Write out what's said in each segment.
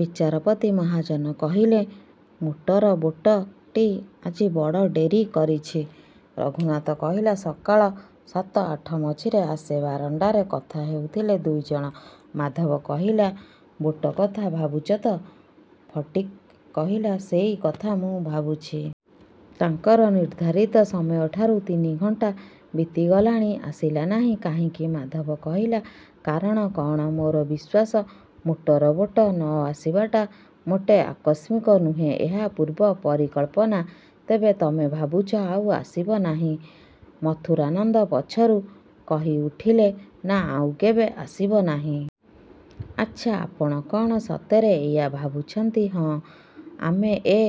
ବିଚାରପତି ମହାଜନ କହିଲେ, motor boat ଟି ଆଜି ବଡ଼ ଡେରି କରିଛି? ରଘୁନାଥ କହିଲା, ସକାଳ ସାତ ଆଠ ମଝିରେ ଆସେ। ବାରଣ୍ଡାରେ କଥା ହେଉଥିଲେ ଦୁଇ ଜଣ। ମାଧବ କହିଲା, ବୋଟ କଥା ଭାବୁଛ ତ? ଫଟିକ୍ କହିଲା, ସେଇ କଥା ମୁଁ ଭାବୁଛି। ତାଙ୍କର ନିର୍ଦ୍ଧାରିତ ସମୟଠାରୁ ତିନି ଘଣ୍ଟା ବିତିଗଲାଣି। ଆସିଲା ନାହିଁ କାହିଁକି? ମାଧବ କହିଲା, କାରଣ କ'ଣ? ମୋର ବିଶ୍ୱାସ, ମୋଟର ବୋଟ ନ ଆସିବାଟା ମୋଟେ ଆକସ୍ମିକ ନୁହେଁ। ଏହା ପୂର୍ବ ପରିକଳ୍ପନା। ତେବେ ତମେ ଭାବୁଛ ଆଉ ଆସିବ ନାହିଁ? ମଥୁରାନନ୍ଦ ପଛରୁ କହିଉଠିଲେ, ନା, ଆଉ କେବେ ଆସିବ ନାହିଁ। ଆଚ୍ଛା, ଆପଣ କ'ଣ ସତରେ ଏଇଆ ଭାବୁଛନ୍ତି? ହଁ। ଆମେ ଏ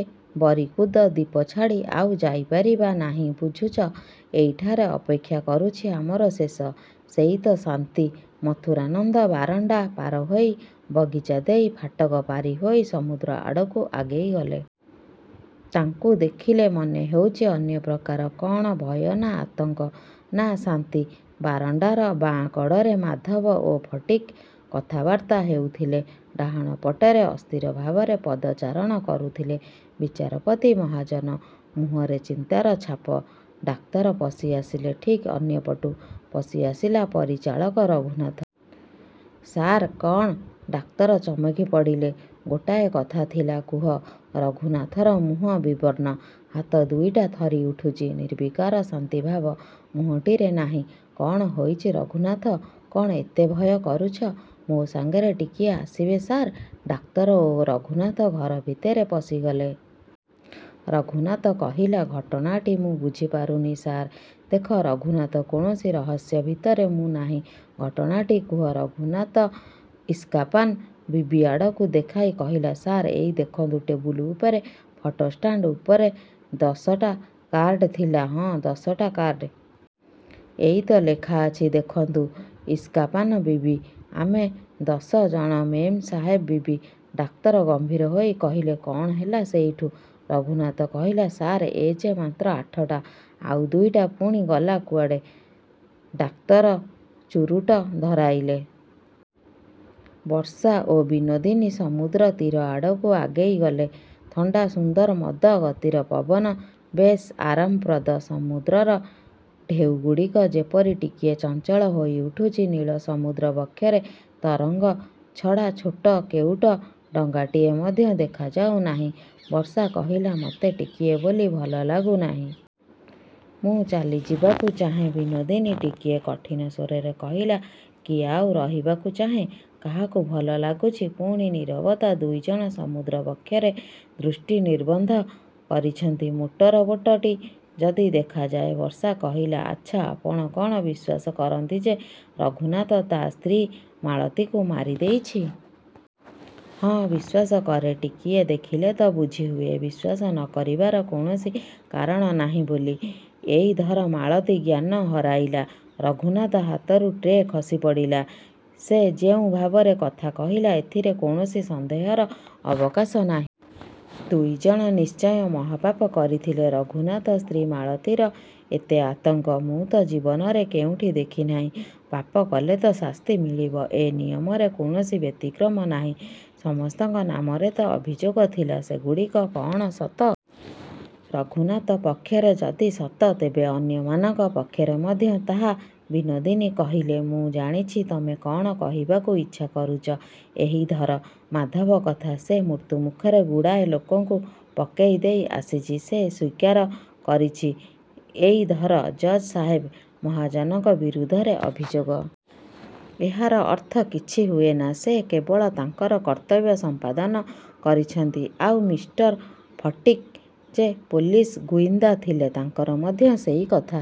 ବରିକୁଦ ଦ୍ଵୀପ ଛାଡ଼ି ଆଉ ଯାଇପାରିବା ନାହିଁ। ବୁଝୁଛ? ଏଇଠାରେ ଅପେକ୍ଷା କରୁଛି ଆମର ଶେଷ। ସେଇ ତ ଶାନ୍ତି। ମଥୁରାନନ୍ଦ ବାରଣ୍ଡା ପାରହୋଇ ବଗିଚା ଦେଇ ଫାଟକ ପାରିହୋଇ ସମୁଦ୍ର ଆଡ଼କୁ ଆଗେଇଗଲେ। ତାଙ୍କୁ ଦେଖିଲେ ମନେହେଉଛି ଅନ୍ୟପ୍ରକାର। କ'ଣ ଭୟ ନା ଆତଙ୍କ ନା ଶାନ୍ତି? ବାରଣ୍ଡାର ବାଁ କଡ଼ରେ ମାଧବ ଓ ଫଟିକ୍ କଥାବାର୍ତ୍ତା ହେଉଥିଲେ। ଡାହାଣପଟରେ ଅସ୍ଥିର ଭାବରେ ପଦଚାରଣ କରୁଥିଲେ ବିଚାରପତି ମହାଜନ। ମୁହଁରେ ଚିନ୍ତାର ଛାପ। ଡାକ୍ତର ପଶିଆସିଲେ। ଠିକ୍ ଅନ୍ୟପଟୁ ପଶିଆସିଲା ପରିଚାଳକ ରଘୁନାଥ। ସାର୍ କ'ଣ? ଡାକ୍ତର ଚମକିପଡ଼ିଲେ। ଗୋଟାଏ କଥା ଥିଲା। କୁହ। ରଘୁନାଥର ମୁହଁ ବିବର୍ଣ୍ଣ। ହାତ ଦୁଇଟା ଥରିଉଠୁଛି। ନିର୍ବିକାର ଶାନ୍ତିଭାବ ମୁହଁଟିରେ ନାହିଁ। କ'ଣ ହୋଇଛି ରଘୁନାଥ, କ'ଣ ଏତେ ଭୟ କରୁଛ? ମୋ ସାଙ୍ଗରେ ଟିକିଏ ଆସିବେ ସାର୍? ଡାକ୍ତର ଓ ରଘୁନାଥ ଘର ଭିତରେ ପଶିଗଲେ। ରଘୁନାଥ କହିଲା, ଘଟଣାଟି ମୁଁ ବୁଝିପାରୁନି, ସାର୍ ଦେଖ ରଘୁନାଥ, କୌଣସି ରହସ୍ୟ ଭିତରେ ମୁଁ ନାହିଁ। ଘଟଣାଟି କୁହ। ରଘୁନାଥ ଇସ୍କାପାନ ବିବି ଆଡ଼କୁ ଦେଖାଇ କହିଲା, ସାର୍, ଏଇ ଦେଖନ୍ତୁ ଟେବୁଲ ଉପରେ ଫଟୋ ଷ୍ଟାଣ୍ଡ ଉପରେ ଦଶଟା କାର୍ଡ଼ ଥିଲା। ହଁ, ଦଶଟା କାର୍ଡ଼। ଏଇ ତ ଲେଖା ଅଛି, ଦେଖନ୍ତୁ, ଇସ୍କାପାନ ବିବି, ଆମେ ଦଶ ଜଣ ମେମ୍ ସାହେବ ବିବି। ଡାକ୍ତର ଗମ୍ଭୀର ହୋଇ କହିଲେ, କ'ଣ ହେଲା ସେଇଠୁ? ରଘୁନାଥ କହିଲା, ସାର୍, ଏ ଯେ ମାତ୍ର ଆଠଟା। ଆଉ ଦୁଇଟା ପୁଣି ଗଲା କୁଆଡ଼େ? ଡାକ୍ତର ଚୁରୁଟ ଧରାଇଲେ। ବର୍ଷା ଓ ବିନୋଦିନୀ ସମୁଦ୍ର ତୀର ଆଡ଼କୁ ଆଗେଇଗଲେ। ଥଣ୍ଡା ସୁନ୍ଦର ମନ୍ଦ ଗତିର ପବନ ବେଶ୍ ଆରାମପ୍ରଦ। ସମୁଦ୍ରର ଢେଉଗୁଡ଼ିକ ଯେପରି ଟିକିଏ ଚଞ୍ଚଳ ହୋଇଉଠିଛି। ନୀଳ ସମୁଦ୍ର ବକ୍ଷରେ ତରଙ୍ଗ ଛଡ଼ା ଛୋଟ କେଉଟ ଡଙ୍ଗାଟିଏ ମଧ୍ୟ ଦେଖାଯାଉନାହିଁ। ବର୍ଷା କହିଲା, ମୋତେ ଟିକିଏ ବୋଲି ଭଲ ଲାଗୁନାହିଁ। ମୁଁ ଚାଲିଯିବାକୁ ଚାହେଁ। ବିନୋଦିନୀ ଟିକିଏ କଠିନ ସ୍ୱରରେ କହିଲେ, କିଏ ଆଉ ରହିବାକୁ ଚାହେଁ? କାହାକୁ ଭଲ ଲାଗୁଛି? ପୁଣି ନୀରବତା। ଦୁଇ ଜଣ ସମୁଦ୍ର ବକ୍ଷରେ ଦୃଷ୍ଟି ନିବଦ୍ଧ କରିଛନ୍ତି, ମୋଟର ବୋଟ ଟି ଯଦି ଦେଖାଯାଏ। ବର୍ଷା କହିଲା, ଆଚ୍ଛା, ଆପଣ କ'ଣ ବିଶ୍ୱାସ କରନ୍ତି ଯେ ରଘୁନାଥ ତା ସ୍ତ୍ରୀ ମାଳତୀକୁ ମାରିଦେଇଛି? ହଁ, ବିଶ୍ୱାସ କରେ। ଟିକିଏ ଦେଖିଲେ ତ ବୁଝିହୁଏ ବିଶ୍ୱାସ ନ କରିବାର କୌଣସି କାରଣ ନାହିଁ ବୋଲି। ଏଇ ଧର ମାଳତୀ ଜ୍ଞାନ ହରାଇଲା, ରଘୁନାଥ ହାତରୁ ଟ୍ରେ ଖସିପଡ଼ିଲା। ସେ ଯେଉଁ ଭାବରେ କଥା କହିଲା ଏଥିରେ କୌଣସି ସନ୍ଦେହର ଅବକାଶ ନାହିଁ। ଦୁଇ ଜଣ ନିଶ୍ଚୟ ମହାପାପ କରିଥିଲେ। ରଘୁନାଥ ସ୍ତ୍ରୀ ମାଳତୀର ଏତେ ଆତଙ୍କ, ମୁଁ ତ ଜୀବନରେ କେଉଁଠି ଦେଖି ନାହିଁ। ପାପ କଲେ ତ ଶାସ୍ତି ମିଳିବ, ଏ ନିୟମରେ କୌଣସି ବ୍ୟତିକ୍ରମ ନାହିଁ। ସମସ୍ତଙ୍କ ନାମରେ ତ ଅଭିଯୋଗ ଥିଲା। ସେଗୁଡ଼ିକ କ'ଣ ସତ? ରଘୁନାଥ ପକ୍ଷରେ ଯଦି ସତ ତେବେ ଅନ୍ୟମାନଙ୍କ ପକ୍ଷରେ ମଧ୍ୟ ତାହା, ବିନୋଦିନୀ କହିଲେ, ମୁଁ ଜାଣିଛି ତମେ କ'ଣ କହିବାକୁ ଇଚ୍ଛା କରୁଛ। ଏଇ ଧର, ମାଧବ କଥା। ସେ ମୃତ୍ୟୁମୁଖରେ ଗୁଡ଼ାଏ ଲୋକଙ୍କୁ ପକାଇଦେଇ ଆସିଛି। ସେ ସ୍ଵୀକାର କରିଛି। ଏଇ ଧର ଜଜ୍ ସାହେବ ମହାଜନଙ୍କ ବିରୁଦ୍ଧରେ ଅଭିଯୋଗ। ଏହାର ଅର୍ଥ କିଛି ହୁଏନା। ସେ କେବଳ ତାଙ୍କର କର୍ତ୍ତବ୍ୟ ସମ୍ପାଦନ କରିଛନ୍ତି। ଆଉ ମିଷ୍ଟର ଫଟିକ୍, ଯେ ପୋଲିସ ଗୁଇନ୍ଦା ଥିଲେ, ତାଙ୍କର ମଧ୍ୟ ସେଇ କଥା।